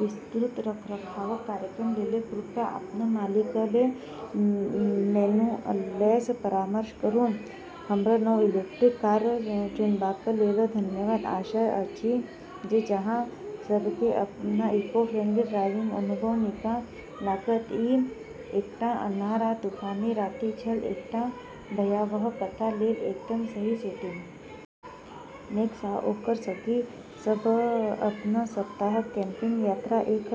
विस्तृत रखरखावक कार्यक्रम लेल कृपया अपन मालिकक मैनुअलसँ परामर्श करू। हमर नव इलेक्ट्रिक कार चुनबाक लेल धन्यवाद। आशा अछि जे अहाँ सभकेँ अपन इको-फ्रेंडली ड्राइविंग अनुभव नीक लागत। ई एकटा अन्हार आ तूफानी राति छल, एकटा भयावह कथा लेल एकदम सही सेटिंग। मैक्स आ ओकर संगी सभ अपन सप्ताहांतक कैम्पिंग यात्रा एकांत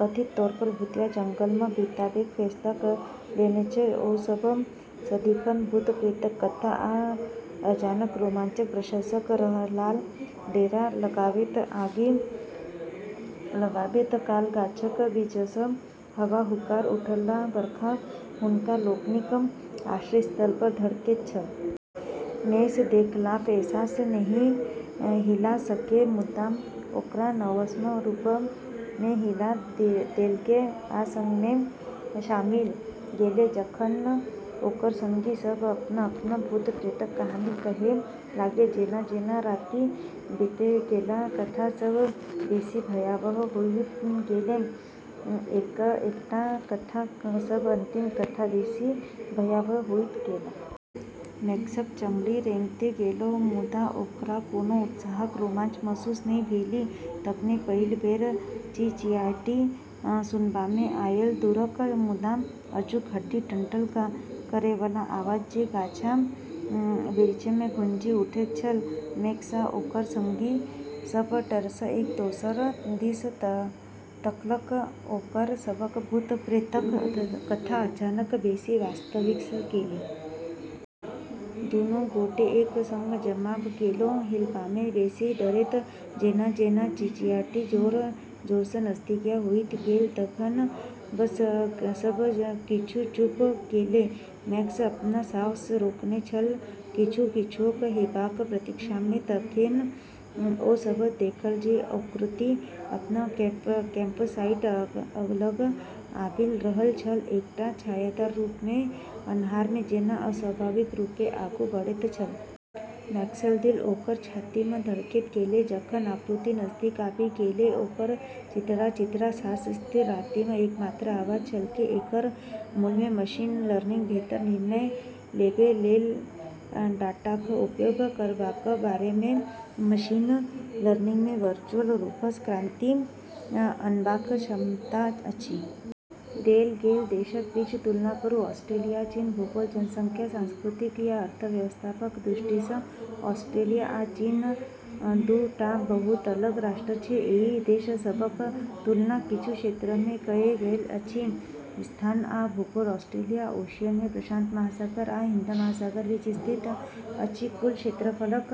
आ कथित तौरपर भूतिया जंगलमे बिताबैक फैसला कऽ लेने छल। ओ सभ सदिखन भूत-प्रेतक कथा आ अनजानक रोमांचक प्रशंसक रहलाह। डेरा लगाबैत आगि लगाबैत काल गाछक बीचसँ हवा हुंकार उठल आ बरखा हुनका लोकनिक आश्रय स्थलपर धड़कैत छल। मैक्स देखलाक एहसास नहि हिला सकलै, मुदा ओकरा नर्वसक रूपमे हिला देलकै आ संगमे शामिल भऽ गेलै, जखन ओकर संगी सभ अपन-अपन भूत-प्रेतक कहानी कहै लागलै। जेना-जेना राति बीतैत गेल, कथा सभ बेसी भयावह होइत गेल, एक-एकटा कथा सभ अंतिम कथासँ बेसी भयावह होइत गेल। मैक्सक चमड़ी रेंगैत गेलै, मुदा ओकरा कोनो उत्साहक रोमांच महसूस नहि भेलै। तखने पहिल बेर चिचियाहटि सुनबामे आयल। दूरक, मुदा अचूक, हड्डी ठंढा करैवला आवाज जे गाछ-बिरिछमे गूँजि उठैत छल। मैक्स आ ओकर संगी सभ डरसँ एक दोसरा दिस तकलक, ओकर सभक भूत-प्रेतक कथा अचानक बेसी वास्तविक भऽ गेलै। दूनू गोटे एक संग जमा भऽ गेलाह, हिलबामे बेसी डरैत, जेना-जेना चिचियाहटि जोर-जोरसँ नजदीक होइत गेल। तखन, सब किछु चुप भऽ गेल। मैक्स अपन साँस रोकने छल, किछु, किछुओ, हेबाक प्रतीक्षामे। तखने ओ सभ देखलक जे ओ आकृति अपन कैम्पसाइट लग आबि रहल छल, एकटा छायादार रूप जे अन्हारमे जेना अस्वाभाविक रूपेँ आगू बढ़ैत छल। मैक्सक दिल ओकर छातीमे धड़कैत गेलै जखन आकृति नजदीक आबि गेलै, ओकर चीथड़ा-चीथड़ा साँस स्थिर रातिमे एकमात्र आवाज छलैक। एकर मूलमे मशीन लर्निंग बेहतर निर्णय लेबै लेल डाटाक उपयोग करबाक बारेमे छै। मशीन लर्निंगमे वर्चुअल रूपसँ क्रांति अनबाक क्षमता अछि। देल गेल देशक बीच तुलना करू। ऑस्ट्रेलिया आ चीन भूगोल, जनसंख्या, संस्कृति, आ अर्थव्यवस्थाक दृष्टिसँ ऑस्ट्रेलिया आ चीन दू टा बहुत अलग राष्ट्र छै। एहि देश सभक तुलना किछु क्षेत्रमे कएल गेल अछि: स्थान आ भूगोल: ऑस्ट्रेलिया ओशिनियामे प्रशांत महासागर आ हिंद महासागरक बीच स्थित अछि कुल क्षेत्रफलक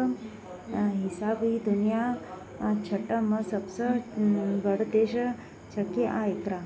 हिसाबसँ ई दुनियाक छठम सबसँ बड़ देश छकै आ एकरा।